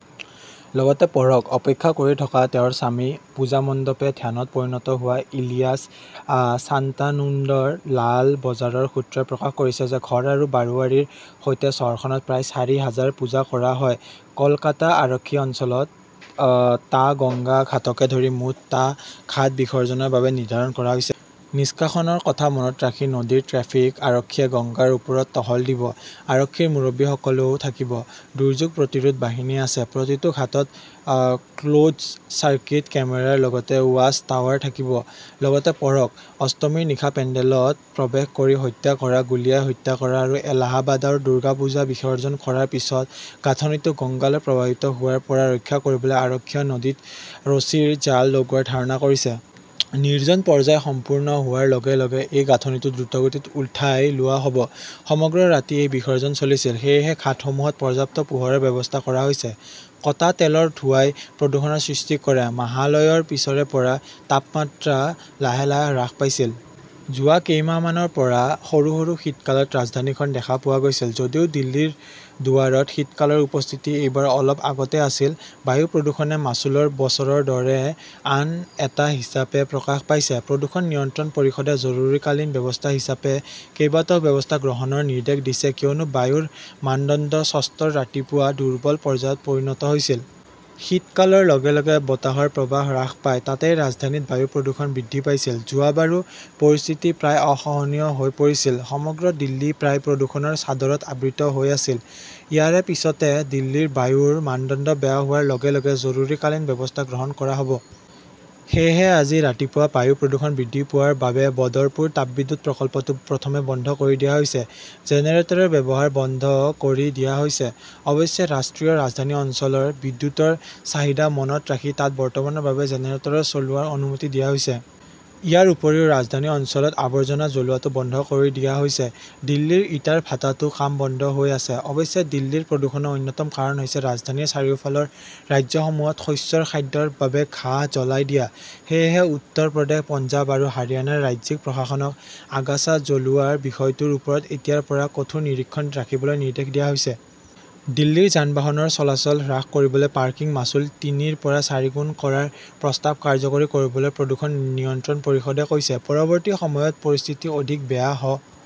লগতে পঢ়কঃ অপেক্ষা কৰি থকা তেওঁৰ স্বামী, পূজা মণ্ডপে ধ্যানত পৰিণত হোৱা ইলিয়াছ শান্তানুন্দৰ লাল বজাৰৰ সূত্ৰই প্ৰকাশ কৰিছে যে ঘৰ আৰু বাৰোৱাৰীৰ সৈতে চহৰখনত প্ৰায় চাৰি হাজাৰ পূজা কৰা হয়। কলকাতা আৰক্ষী অঞ্চলত টা গংগা ঘাটকে ধৰি মুঠ টা ঘাট বিসৰ্জনৰ বাবে নিৰ্ধাৰণ কৰা হৈছে। নিষ্কাশনৰ কথা মনত ৰাখি নদীৰ ট্ৰেফিক আৰক্ষীয়ে গংগাৰ ওপৰত টহল দিব। আৰক্ষীৰ মুৰব্বীসকলও থাকিব। দুৰ্যোগ প্ৰতিৰোধ বাহিনী আছে। প্ৰতিটো ঘাটত ক্লোজ্ড চাৰ্কিট কেমেৰাৰ লগতে ৱাচ-টাৱাৰ থাকিব। লগতে পঢ়কঃ অষ্টমীৰ নিশা পেণ্ডেলত প্ৰৱেশ কৰি হত্যা কৰা, গুলীয়াই হত্যা কৰা আৰু এলাহাবাদৰ দুৰ্গা পূজা বিসৰ্জন কৰাৰ পিছত গাঁথনিটো গঙ্গালৈ প্ৰবাহিত হোৱাৰ পৰা ৰক্ষা কৰিবলৈ আৰক্ষীয়ে নদীত ৰছীৰ জাল লগোৱাৰ ধাৰণা কৰিছে। নিৰ্জন পৰ্যায় সম্পূৰ্ণ হোৱাৰ লগে লগে এই গাঁথনিটো দ্ৰুতগতিত উঠাই লোৱা হ "ব। সমগ্ৰ ৰাতি এই বিসৰ্জন চলিছিল। সেয়েহে ঘাটসমূহত পৰ্যাপ্ত পোহৰৰ ব্যৱস্থা কৰা হৈছে। কটা তেলৰ ধোঁৱাই প্ৰদূষণৰ সৃষ্টি কৰে মাহালয়ৰ পিছৰে পৰা তাপমাত্ৰা লাহে লাহে হ্ৰাস পাইছিল। যোৱা কেইমাহমানৰ পৰা সৰু সৰু শীতকালত ৰাজধানীখন দেখা পোৱা গৈছিল। যদিও দিল্লীৰ দুৱাৰত শীতকালৰ উপস্থিতি এইবাৰ অলপ আগতে আছিল, বায়ু প্ৰদূষণে মাচুলৰ বছৰৰ দৰে আন এটা হিচাপে প্ৰকাশ পাইছে। প্ৰদূষণ নিয়ন্ত্ৰণ পৰিষদে জৰুৰীকালীন ব্যৱস্থা হিচাপে কেইবাটাও ব্যৱস্থা গ্ৰহণৰ নিৰ্দেশ দিছে কিয়নো বায়ুৰ মানদণ্ড ষষ্ঠৰ ৰাতিপুৱা 'দুৰ্বল "পৰ্যায়ত পৰিণত হৈছিল। শীতকালৰ লগে লগে বতাহৰ প্ৰৱাহ হ্ৰাস পায়। তাতেই ৰাজধানীত বায়ু প্ৰদূষণ বৃদ্ধি পাইছিল। যোৱা বাৰো পৰিস্থিতি প্ৰায় অসহনীয় হৈ পৰিছিল। সমগ্ৰ দিল্লী প্ৰায় প্ৰদূষণৰ চাদৰত আবৃত হৈ আছিল। ইয়াৰ পিছতে, দিল্লীৰ বায়ুৰ মানদণ্ড বেয়া হোৱাৰ লগে লগে জৰুৰীকালীন ব্যৱস্থা গ্ৰহণ কৰা হ "ব। সেয়েহে আজি ৰাতিপুৱা বায়ু প্ৰদূষণ বৃদ্ধি পোৱাৰ বাবে বদাৰপুৰ তাপবিদ্যুৎ প্ৰকল্পটো প্ৰথমে বন্ধ কৰি দিয়া হৈছে। জেনেৰেটৰৰ ব্যৱহাৰ বন্ধ কৰি দিয়া হৈছে। অৱশ্যে, ৰাষ্ট্ৰীয় ৰাজধানী অঞ্চলৰ বিদ্যুৎৰ চাহিদা মনত ৰাখি তাত বৰ্তমানৰ বাবে জেনেৰেটৰ চলোৱাৰ অনুমতি দিয়া হৈছে। ইয়াৰ উপৰিও ৰাজধানী অঞ্চলত আৱৰ্জনা জ্বলোৱাটো বন্ধ কৰি দিয়া হৈছে। দিল্লীৰ ইটাৰ ভাটাতো কাম বন্ধ হৈ আছে। অৱশ্যে, দিল্লীৰ প্ৰদূষণৰ অন্যতম কাৰণ হৈছে ৰাজধানীৰ চাৰিওফালৰ ৰাজ্যসমূহত শস্যৰ খাদ্যৰ বাবে ঘাঁহ জ্বলাই দিয়া। সেয়েহে উত্তৰ প্ৰদেশ, পঞ্জাৱ আৰু হাৰিয়ানাৰ ৰাজ্যিক প্ৰশাসনক আগাছা জ্বলোৱাৰ বিষয়টোৰ ওপৰত এতিয়াৰ পৰা কঠোৰ নিৰীক্ষণ ৰাখিবলৈ নিৰ্দেশ দিয়া হৈছে। দিল্লীৰ যান-বাহনৰ চলাচল হ্ৰাস কৰিবলৈ পাৰ্কিং মাচুল তিনিৰ পৰা চাৰিগুণ কৰাৰ প্ৰস্তাৱ কাৰ্যকৰী কৰিবলৈ প্ৰদূষণ নিয়ন্ত্ৰণ পৰিষদে কৈছে। পৰৱৰ্তী সময়ত পৰিস্থিতি অধিক বেয়া হ